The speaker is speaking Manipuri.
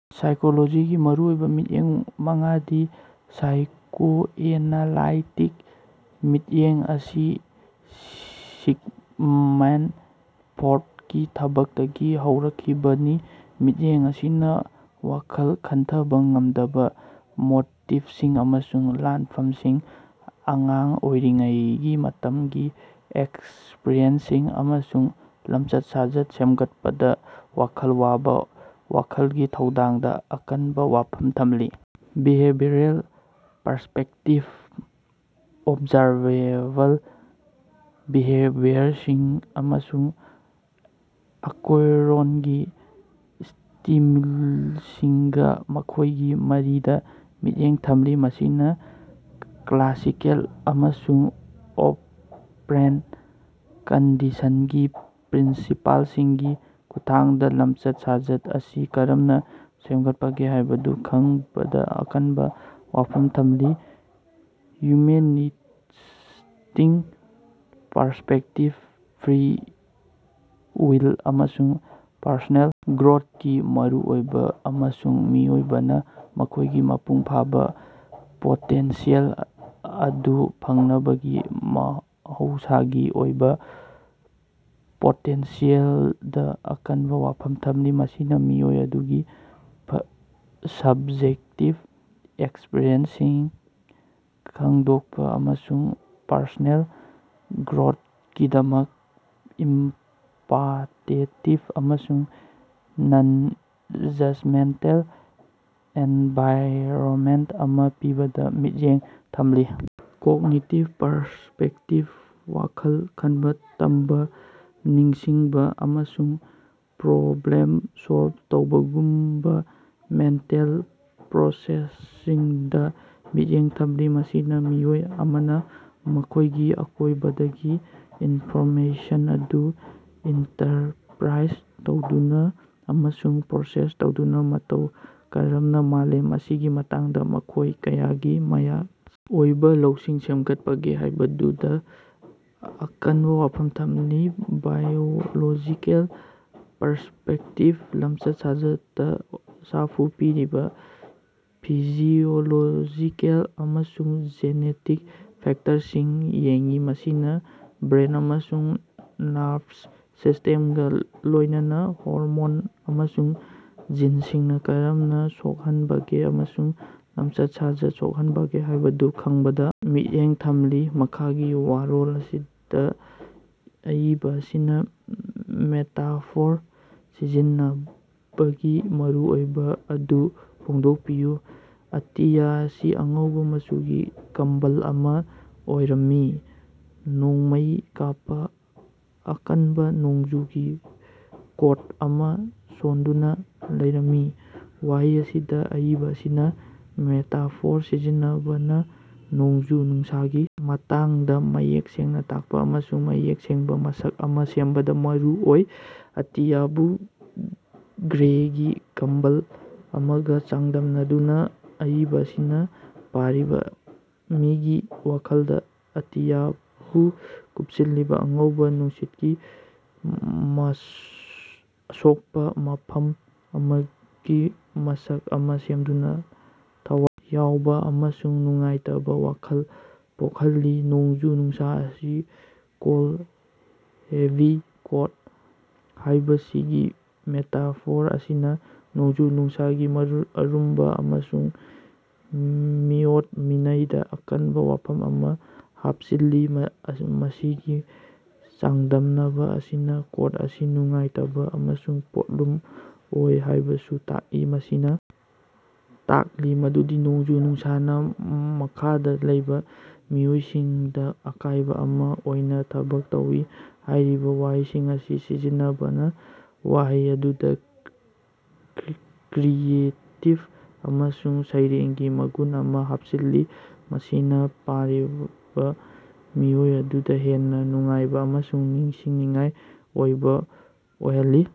ꯁꯥꯏꯀꯣꯂꯣꯖꯤꯒꯤ ꯃꯔꯨꯑꯣꯏꯕ ꯃꯤꯠꯌꯦꯡ ꯃꯉꯥꯗꯤ: ꯁꯥꯏꯀꯣꯑꯦꯅꯥꯂꯥꯏꯇꯤꯛ ꯃꯤꯠꯌꯦꯡ ꯑꯁꯤ ꯁꯤꯒꯃꯟꯗ ꯐ꯭ꯔꯣꯗꯀꯤ ꯊꯕꯛꯇꯒꯤ ꯍꯧꯔꯛꯈꯤꯕꯅꯤ, ꯃꯤꯠꯌꯦꯡ ꯑꯁꯤꯅ ꯋꯥꯈꯜ ꯈꯟꯊꯕ ꯉꯝꯗꯕ ꯃꯣꯇꯤꯕꯁꯤꯡ ꯑꯃꯁꯨꯡ ꯂꯥꯟꯐꯝꯁꯤꯡ, ꯑꯉꯥꯡ ꯑꯣꯏꯔꯤꯉꯩꯒꯤ ꯃꯇꯝꯒꯤ ꯑꯦꯛꯁꯄꯔꯤꯌꯦꯟꯁꯁꯤꯡ, ꯑꯃꯁꯨꯡ ꯂꯝꯆꯠ-ꯁꯥꯖꯠ ꯁꯦꯝꯒꯠꯄꯗ ꯋꯥꯈꯜ ꯋꯥꯕ ꯋꯥꯈꯜꯒꯤ ꯊꯧꯗꯥꯡꯗ ꯑꯀꯟꯕ ꯋꯥꯐꯝ ꯊꯝꯂꯤ꯫ ꯕꯤꯍꯦꯕꯤꯌꯔꯜ ꯄꯔꯁ꯭ꯄꯦꯛꯇꯤꯚ ꯑꯣꯕꯖꯥꯔꯕꯦꯕꯜ ꯕꯤꯍꯦꯕꯤꯌꯔꯁꯤꯡ ꯑꯃꯁꯨꯡ ꯑꯀꯣꯏꯔꯣꯟꯒꯤ ꯁ꯭ꯇꯤꯃ꯭ꯌꯨꯜꯁꯤꯡꯒꯥ ꯃꯈꯣꯏꯒꯤ ꯃꯔꯤꯗ ꯃꯤꯠꯌꯦꯡ ꯊꯝꯂꯤ꯫ ꯃꯁꯤꯅ ꯀ꯭ꯂꯥꯁꯤꯀꯦꯜ ꯑꯃꯁꯨꯡ ꯑꯣꯄꯔꯦꯟꯇ ꯀꯟꯗꯤꯁꯟꯒꯤ ꯄ꯭ꯔꯤꯟꯁꯤꯄꯜꯁꯤꯡꯒꯤ ꯈꯨꯠꯊꯥꯡꯗ ꯂꯝꯆꯠ-ꯁꯥꯖꯠ ꯑꯁꯤ ꯀꯔꯝꯅ ꯁꯦꯝꯒꯠꯄꯒꯦ ꯍꯥꯏꯕꯗꯨ ꯈꯪꯕꯗ ꯑꯀꯟꯕ ꯋꯥꯐꯝ ꯊꯝꯂꯤ꯫ ꯍ꯭ꯌꯨꯃꯦꯅꯤꯁ꯭ꯇꯤꯛ ꯄꯔꯁ꯭ꯄꯦꯛꯇꯤꯕ ꯐ꯭ꯔꯤ ꯋꯤꯜ ꯑꯃꯁꯨꯡ ꯄꯔꯁꯣꯅꯦꯜ ꯒ꯭ꯔꯣꯊꯀꯤ ꯃꯔꯨꯑꯣꯏꯕ, ꯑꯃꯁꯨꯡ ꯃꯤꯑꯣꯏꯕꯅ ꯃꯈꯣꯏꯒꯤ ꯃꯄꯨꯡ ꯐꯥꯕ ꯄꯣꯇꯦꯟꯁꯤꯌꯦꯜ ꯑꯗꯨ ꯐꯪꯅꯕꯒꯤ ꯃꯍꯧꯁꯥꯒꯤ ꯑꯣꯏꯕ ꯄꯣꯇꯦꯟꯁꯤꯌꯦꯜꯗ ꯑꯀꯟꯕ ꯋꯥꯐꯝ ꯊꯝꯂꯤ꯫ ꯃꯁꯤꯅ ꯃꯤꯑꯣꯏ ꯑꯗꯨꯒꯤ ꯁꯕ꯭ꯖꯦꯛꯇꯤꯕ ꯑꯦꯛꯁꯄꯤꯔꯤꯑꯦꯟꯁꯁꯤꯡ ꯈꯪꯗꯣꯛꯄ ꯑꯃꯁꯨꯡ ꯄꯔꯁꯣꯅꯦꯜ ꯒ꯭ꯔꯣꯊꯀꯤꯗꯃꯛ ꯏꯝꯄꯥꯇꯦꯇꯤꯕ ꯑꯃꯁꯨꯡ ꯅꯟ-ꯖꯖꯃꯦꯟꯇꯦꯜ ꯑꯦꯟꯚꯥꯏꯔꯅꯃꯦꯟꯇ ꯑꯃ ꯄꯤꯕꯗ ꯃꯤꯠꯌꯦꯡ ꯊꯝꯂꯤ꯫ ꯀꯣꯒꯅꯤꯇꯤꯕ ꯄꯔꯁ꯭ꯄꯦꯛꯇꯤꯕ ꯋꯥꯈꯜ ꯈꯟꯕ, ꯇꯝꯕ, ꯅꯤꯡꯁꯤꯡꯕ, ꯑꯃꯁꯨꯡ ꯄ꯭ꯔꯣꯕ꯭ꯂꯦꯝ ꯁꯣꯜꯕ ꯇꯧꯕꯒꯨꯝꯕ ꯃꯦꯟꯇꯦꯜ ꯄ꯭ꯔꯣꯁꯦꯁꯁꯤꯡꯗ ꯃꯤꯠꯌꯦꯡ ꯊꯝꯂꯤ꯫ ꯃꯁꯤꯅ ꯃꯤꯑꯣꯏ ꯑꯃꯅ ꯃꯈꯣꯏꯒꯤ ꯑꯀꯣꯏꯕꯗꯒꯤ ꯏꯟꯐꯣꯔꯃꯦꯁꯟ ꯑꯗꯨ ꯏꯟꯇꯔꯄ꯭ꯔꯥꯏꯖ ꯇꯧꯗꯨꯅ ꯑꯃꯁꯨꯡ ꯄ꯭ꯔꯣꯁꯦꯁ ꯇꯧꯗꯨꯅ ꯃꯇꯧ ꯀꯔꯝꯅ ꯃꯥꯂꯦꯝ ꯑꯁꯤꯒꯤ ꯃꯇꯥꯡꯗ ꯃꯈꯣꯏ ꯃꯁꯥꯒꯤ ꯑꯣꯏꯕ ꯂꯧꯁꯤꯡ ꯁꯦꯝꯒꯠꯄꯒꯦ ꯍꯥꯏꯕꯗꯨꯗ ꯑꯀꯟꯕ ꯋꯥꯐꯝ ꯊꯝꯂꯤ꯫ ꯕꯥꯏꯑꯣꯂꯣꯖꯤꯀꯦꯜ ꯄꯔꯁ꯭ꯄꯦꯛꯇꯤꯚ ꯂꯝꯆꯠ-ꯁꯥꯖꯠꯇ ꯁꯥꯐꯨ ꯄꯤꯔꯤꯕ ꯐꯤꯖꯤꯑꯣꯂꯣꯖꯤꯀꯦꯜ ꯑꯃꯁꯨꯡ ꯖꯦꯅꯦꯇꯤꯛ ꯐꯦꯛꯇꯔꯁꯤꯡ ꯌꯦꯡꯏ꯫ ꯃꯁꯤꯅ ꯕ꯭ꯔꯦꯟ ꯑꯃꯁꯨꯡ ꯅꯔꯚꯁ ꯁꯤꯁꯇꯦꯝꯒ ꯂꯣꯏꯅꯅ ꯍꯣꯔꯃꯣꯟ ꯑꯃꯁꯨꯡ ꯖꯤꯟꯁꯤꯡꯅ ꯀꯔꯝꯅ ꯁꯣꯛꯍꯟꯕꯒꯦ ꯑꯃꯁꯨꯡ ꯂꯝꯆꯠ-ꯁꯥꯖꯠꯅ ꯁꯣꯛꯍꯟꯕꯒꯦ ꯍꯥꯏꯕꯗꯨ ꯈꯪꯕꯗ ꯃꯤꯠꯌꯦꯡ ꯊꯝꯂꯤ꯫ ꯃꯈꯥꯒꯤ ꯋꯥꯔꯣꯜ ꯑꯁꯤꯗ ꯑꯏꯕ ꯑꯁꯤꯅ ꯃꯦꯇꯥꯐꯣꯔ ꯁꯤꯖꯤꯟꯅꯕꯒꯤ ꯃꯔꯨꯑꯣꯏꯕ ꯑꯗꯨ ꯐꯣꯡꯗꯣꯛꯄꯤꯌꯨ꯫ "ꯑꯇꯤꯌꯥ ꯑꯁꯤ ꯑꯉꯧꯕ ꯃꯆꯨꯒꯤ ꯀꯝꯕꯜ ꯑꯃ ꯑꯣꯏꯔꯝꯃꯤ, ꯅꯣꯡꯃꯩ ꯀꯥꯞꯄ, ꯑꯀꯟꯕ ꯅꯣꯡꯖꯨꯒꯤ ꯀꯣꯠ ꯑꯃ ꯁꯣꯟꯗꯨꯅ ꯂꯩꯔꯝꯃꯤ꯫"ꯋꯥꯍꯩ ꯑꯁꯤꯗ ꯑꯏꯕ ꯑꯁꯤꯅ ꯃꯦꯇꯥꯐꯣꯔ ꯁꯤꯖꯤꯟꯅꯕꯅ ꯅꯣꯡꯖꯨ-ꯅꯨꯡꯁꯥꯒꯤ ꯃꯇꯥꯡꯗ ꯃꯌꯦꯛ ꯁꯦꯡꯅ ꯇꯥꯛꯄ ꯑꯃꯁꯨꯡ ꯃꯌꯦꯛ ꯁꯦꯡꯕ ꯃꯁꯛ ꯑꯃ ꯁꯦꯝꯕꯗ ꯃꯔꯨ ꯑꯣꯏ꯫ ꯑꯇꯤꯌꯥꯕꯨ "ꯒ꯭ꯔꯦꯒꯤ ꯀꯝꯕꯜ" ꯑꯃꯒ ꯆꯥꯡꯗꯝꯅꯗꯨꯅ ꯑꯏꯕ ꯑꯁꯤꯅ ꯄꯥꯔꯤꯕ ꯃꯤꯒꯤ ꯋꯥꯈꯜꯗ ꯑꯇꯤꯌꯥꯕꯨ ꯀꯨꯞꯁꯤꯜꯂꯤꯕ ꯑꯉꯧꯕ ꯅꯨꯡꯁꯤꯠꯀꯤ ꯑꯁꯣꯛꯄ ꯃꯐꯝ ꯑꯃꯒꯤ ꯃꯁꯛ ꯑꯃ ꯁꯦꯝꯗꯨꯅ, ꯊꯋꯥꯏ ꯌꯥꯎꯕ ꯑꯃꯁꯨꯡ ꯅꯨꯡꯉꯥꯏꯇꯕ ꯋꯥꯈꯜ ꯄꯣꯛꯍꯜꯂꯤ꯫ ꯅꯣꯡꯖꯨ-ꯅꯨꯡꯁꯥ ꯑꯁꯤ "ꯀꯣꯜꯗ, ꯍꯦꯚꯤ ꯀꯣꯠ" ꯍꯥꯏꯕꯁꯤꯒꯤ ꯃꯦꯇꯥꯐꯣꯔ ꯑꯁꯤꯅ ꯅꯣꯡꯖꯨ-ꯅꯨꯡꯁꯥꯒꯤ ꯑꯔꯨꯝꯕ ꯑꯃꯁꯨꯡ ꯃꯤꯑꯣꯠ-ꯃꯤꯅꯩꯗ ꯑꯀꯟꯕ ꯋꯥꯐꯝ ꯑꯃ ꯍꯥꯞꯆꯤꯜꯂꯤ꯫ ꯃꯁꯤꯒꯤ ꯆꯥꯡꯗꯝꯅꯕ ꯑꯁꯤꯅ ꯀꯣꯠ ꯑꯁꯤ ꯅꯨꯡꯉꯥꯏꯇꯕ ꯑꯃꯁꯨꯡ ꯄꯣꯠꯂꯨꯝ ꯑꯣꯏ ꯍꯥꯏꯕꯁꯨ ꯇꯥꯛꯏ, ꯃꯁꯤꯅ ꯇꯥꯛꯂꯤ ꯃꯗꯨꯗꯤ ꯅꯣꯡꯖꯨ-ꯅꯨꯡꯁꯥꯅ ꯃꯈꯥꯗ ꯂꯩꯕ ꯃꯤꯑꯣꯏꯁꯤꯡꯗ ꯑꯀꯥꯏꯕ ꯑꯃ ꯑꯣꯏꯅ ꯊꯕꯛ ꯇꯧꯏ꯫ ꯍꯥꯏꯔꯤꯕ ꯋꯥꯍꯩꯁꯤꯡ ꯑꯁꯤ ꯁꯤꯖꯤꯟꯅꯕꯅ ꯋꯥꯍꯩ ꯑꯗꯨꯗ ꯀ꯭ꯔꯤꯌꯦꯇꯤꯕ ꯑꯃꯁꯨꯡ ꯁꯩꯔꯦꯡꯒꯤ ꯃꯒꯨꯟ ꯑꯃ ꯍꯥꯞꯆꯤꯜꯂꯤ, ꯃꯁꯤꯅ ꯄꯥꯔꯤꯕ ꯃꯤꯑꯣꯏ ꯑꯗꯨꯗ ꯍꯦꯟꯅ ꯅꯨꯡꯉꯥꯏꯕ ꯑꯃꯁꯨꯡ ꯅꯤꯡꯁꯤꯡꯅꯤꯡꯉꯥꯏ ꯑꯣꯏꯕ ꯑꯣꯏꯍꯜꯂꯤ꯫